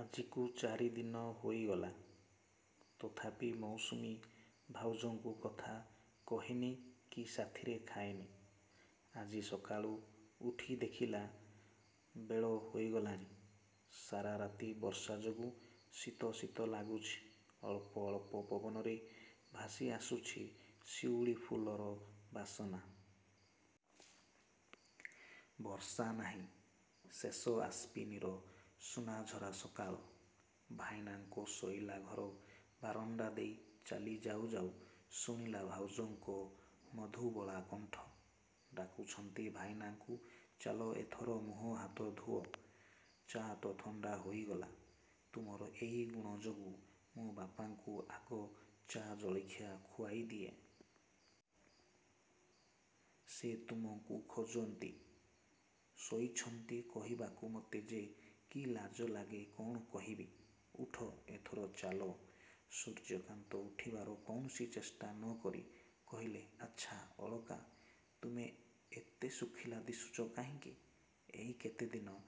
ଆଜିକୁ ଚାରି ଦିନ ହୋଇଗଲା। ତଥାପି ମୌସୁମୀ ଭାଉଜଙ୍କୁ କଥା କହେନି କି ସାଥିରେ ଖାଏନି। ଆଜି ସକାଳୁ ଉଠି ଦେଖିଲା, ବେଳ ହୋଇଗଲାଣି। ସାରା ରାତି ବର୍ଷା ଯୋଗୁ ଶୀତ ଶୀତ ଲାଗୁଛି। ଅଳ୍ପ ଅଳ୍ପ ପବନରେ ଭାସି ଆସୁଛି ଶିଉଳୀ ଫୁଲର ବାସନା। ବର୍ଷା ନାହିଁ। ଶେଷ ଆଶ୍ୱିନର ସୁନାଝରା ସକାଳ। ଭାଇନାଙ୍କ ଶୋଇଲା ଘର ବାରଣ୍ଡା ଦେଇ ଚାଲି ଯାଉ ଯାଉ ଶୁଣିଲା ଭାଉଜଙ୍କ ମଧୁବୋଳା କଣ୍ଠ। ଡାକୁଛନ୍ତି ଭାଇନାଙ୍କୁ ଚାଲ ଏଥର ମୁହଁ ହାତ ଧୁଅ। ଚା ତ ଥଣ୍ଡା ହୋଇଗଲା। ତୁମର ଏଇ ଗୁଣ ଯୋଗୁଁ ମୁଁ ବାପାଙ୍କୁ ଆଗ ଚା ଜଳଖିଆ ଖୁଆଇ ଦିଏ। ସେ ତୁମକୁ ଖୋଜନ୍ତି। ଶୋଇଛନ୍ତି କହିବାକୁ ମୋତେ ଯେ କି ଲାଜ ଲାଗେ କ'ଣ କହିବି। ଉଠ, ଏଥର ଚାଲ। ସୂର୍ଯ୍ୟକାନ୍ତ ଉଠିବାର କୌଣସି ଚେଷ୍ଟା ନ କରି କହିଲେ ଆଚ୍ଛା ଅଳକା, ତୁମେ ଏତେ ଶୁଖିଲା ଦିଶୁଛ କାହିଁକି? ଏଇ କେତେଦିନ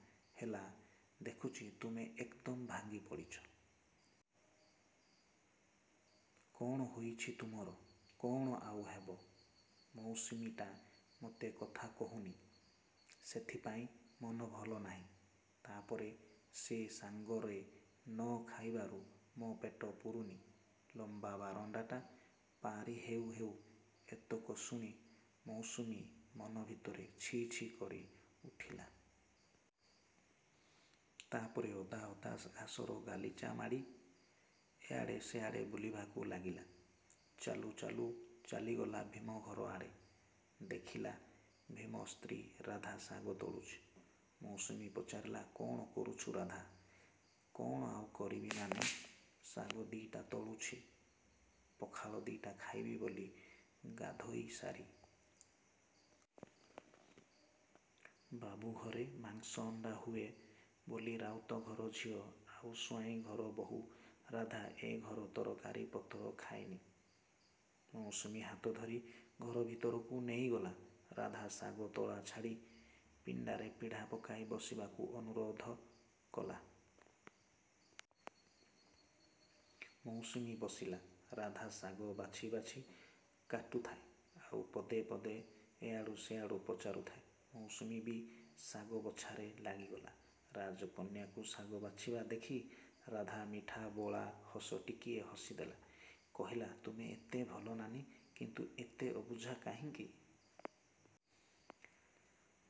ହେଲା ଦେଖୁଛି ତୁମେ ଏକ୍ ଦମ ଭାଙ୍ଗି ପଡ଼ିଛ। କ'ଣ ହୋଇଛି ତୁମର! କ'ଣ ଆଉ ହେବ। ମୌସୁମୀଟା ମୋତେ କଥା କହୁନି। ସେଥିପାଇଁ ମନ ଭଲ ନାହିଁ। ତା' ପରେ ସେ ସାଙ୍ଗରେ ନ ଖାଇବାରୁ ମୋ ପେଟ ପୁରୁନି। ଲମ୍ବା ବାରଣ୍ଡାଟା ପାରି ହେଉ ହେଉ ଏତକ ଶୁଣି ମୌସୁମୀ ମନ ଭିତରେ ଛି ଛି କରି ଉଠିଲା। ତା' ପରେ ଓଦା ଓଦା ଘାସର ଗାଲିଚା ମାଡ଼ି ଏଆଡ଼େ ସେଆଡ଼େ ବୁଲିବାକୁ ଲାଗିଲା। ଚାଲୁ ଚାଲୁ ଚାଲିଗଲା ଭୀମ ଘର ଆଡ଼େ। ଦେଖିଲା ଭୀମ ସ୍ତ୍ରୀ ରାଧା ଶାଗ ତୋଳୁଛି। ମୌସୁମୀ ପଚାରିଲା କ'ଣ କରୁଛୁ ରାଧା? କ'ଣ ଆଉ କରିବି ନାନୀ, ଶାଗ ଦିଟା ତୋଳୁଛି, ପଖାଳ ଦିଟା ଖାଇବି ବୋଲି ଗାଧୋଇ ସାରି। ବାବୁ ଘରେ ମାଂସ ଅଣ୍ଡା ହୁଏ ବୋଲି ରାଉତ ଘର ଝିଅ ଆଉ ସ୍ୱାଇଁ ଘର ବୋହୂ ରାଧା ଏ ଘର ତରକାରୀ ପତର ଖାଏନି। ମୌସୁମୀ ହାତ ଧରି ଘର ଭିତରକୁ ନେଇଗଲା ରାଧା ଶାଗ ତୋଳା ଛାଡ଼ି। ପିଣ୍ଡାରେ ପିଢ଼ା ପକାଇ ବସିବାକୁ ଅନୁରୋଧ କଲା। ମୌସୁମୀ ବସିଲା। ରାଧା ଶାଗ ବାଛି ବାଛି କାଟୁଥାଏ, ଆଉ ପଦେ ପଦେ ଏଆଡ଼ୁ ସେଆଡ଼ୁ ପଚାରୁଥାଏ। ମୌସୁମୀ ବି ଶାଗ ବଛାରେ ଲାଗିଗଲା। ରାଜକନ୍ୟାକୁ ଶାଗ ବାଛିବା ଦେଖି ରାଧା ମିଠାବୋଳା ହସ ଟିକିଏ ହସିଦେଲା। କହିଲା ତୁମେ ଏତେ ଭଲ ନାନୀ କିନ୍ତୁ ଏତେ ଅବୁଝା କାହିଁକି?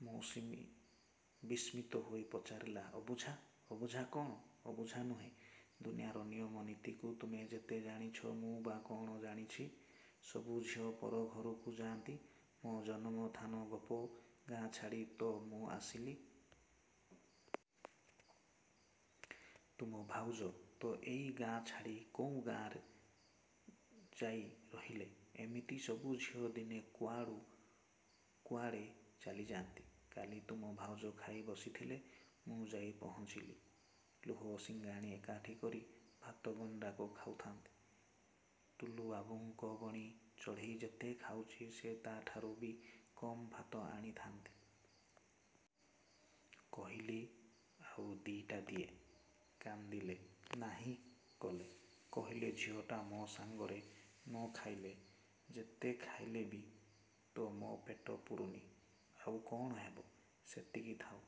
ମୌସୁମୀ ବିସ୍ମିତ ହୋଇ ପଚାରିଲା ଅବୁଝା, ଅବୁଝା କ'ଣ? ଅବୁଝା ନୁହେଁ? ଦୁନିଆର ନିୟମ ନୀତିକୁ ତୁମେ ଯେତେ ଜାଣିଛ ମୁଁ ବା କ'ଣ ଜାଣିଛି। ସବୁ ଝିଅ ପର ଘରକୁ ଯାଆନ୍ତି। ମୋ ଜନମ ଥାନ ଗୋପ ଗାଁ ଛାଡ଼ି ତ ମୁଁ ଆସିଲି। ତୁମ ଭାଉଜ ତ ଏଇ ଗାଁ ଛାଡ଼ି କୋଉ ଗାଁରେ ଯାଇ ରହିଲେ। ଏମିତି ସବୁ ଝିଅ ଦିନେ କୁଆଡ଼ୁ କୁଆଡ଼େ ଚାଲିଯାଆନ୍ତି। କାଲି ତୁମ ଭାଉଜ ଖାଇ ବସିଥିଲେ ମୁଁ ଯାଇ ପହଞ୍ଚିଲି। ଲୁହ ସିଙ୍ଗାଣି ଏକାଠି କରି ଭାତ ଗଣ୍ଡାକ ଖାଉଥାନ୍ତି। ଟୁଲୁବାବୁଙ୍କ ବଣି ଚଢ଼େଇ ଯେତେ ଖାଉଛି ସେ ତା'ଠାରୁ ବି କମ୍ ଭାତ ଆଣିଥାନ୍ତି। କହିଲି ଆଉ ଦିଟା ଦିଏ। କାନ୍ଦିଲେ, ନାହିଁ କଲେ। କହିଲେ ଝିଅଟା ମୋ ସାଙ୍ଗରେ ନ ଖାଇଲେ ଯେତେ ଖାଇଲେ ବି ତ ମୋ ପେଟ ପୁରୁନି। ଆଉ କ'ଣ ହେବ। ସେତିକି ଥାଉ।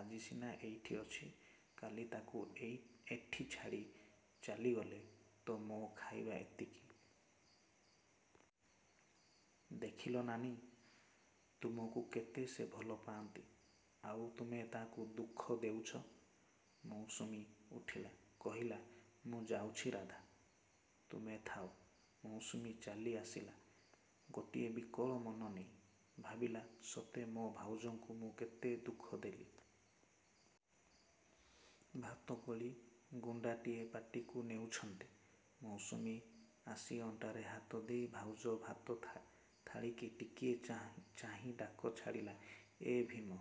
ଆଜି ସିନା ଏଇଠି ଅଛି, କାଲି ତାକୁ ଏଠି ଛାଡ଼ି ଚାଲିଗଲେ ତ ମୋ ଖାଇବା ଏତିକି। ଦେଖିଲ ନାନୀ ତୁମକୁ କେତେ ସେ ଭଲ ପାଆନ୍ତି, ଆଉ ତୁମେ ତାଙ୍କୁ ଦୁଃଖ ଦେଉଛ? ମୌସୁମୀ ଉଠିଲା, କହିଲା ମୁଁ ଯାଉଛି ରାଧା, ତୁମେ ଥାଅ। ମୌସୁମୀ ଚାଲିଆସିଲା ଗୋଟିଏ ବିକଳ ମନ ନେଇ। ଭାବିଲା ସତେ ମୋ ଭାଉଜଙ୍କୁ ମୁଁ କେତେ ଦୁଃଖ ଦେଲି। ଭାତ ଗୋଳି ଗୁଣ୍ଡାଟିଏ ପାଟିକୁ ନେଉଛନ୍ତି, ମୌସୁମୀ ଆସି ଅଣ୍ଟାରେ ହାତ ଦେଇ ଭାଉଜ ଭାତ ଥାଳିକି ଟିକିଏ ଚାହିଁ ଡାକ ଛାଡ଼ିଲା ଏ ଭୀମ!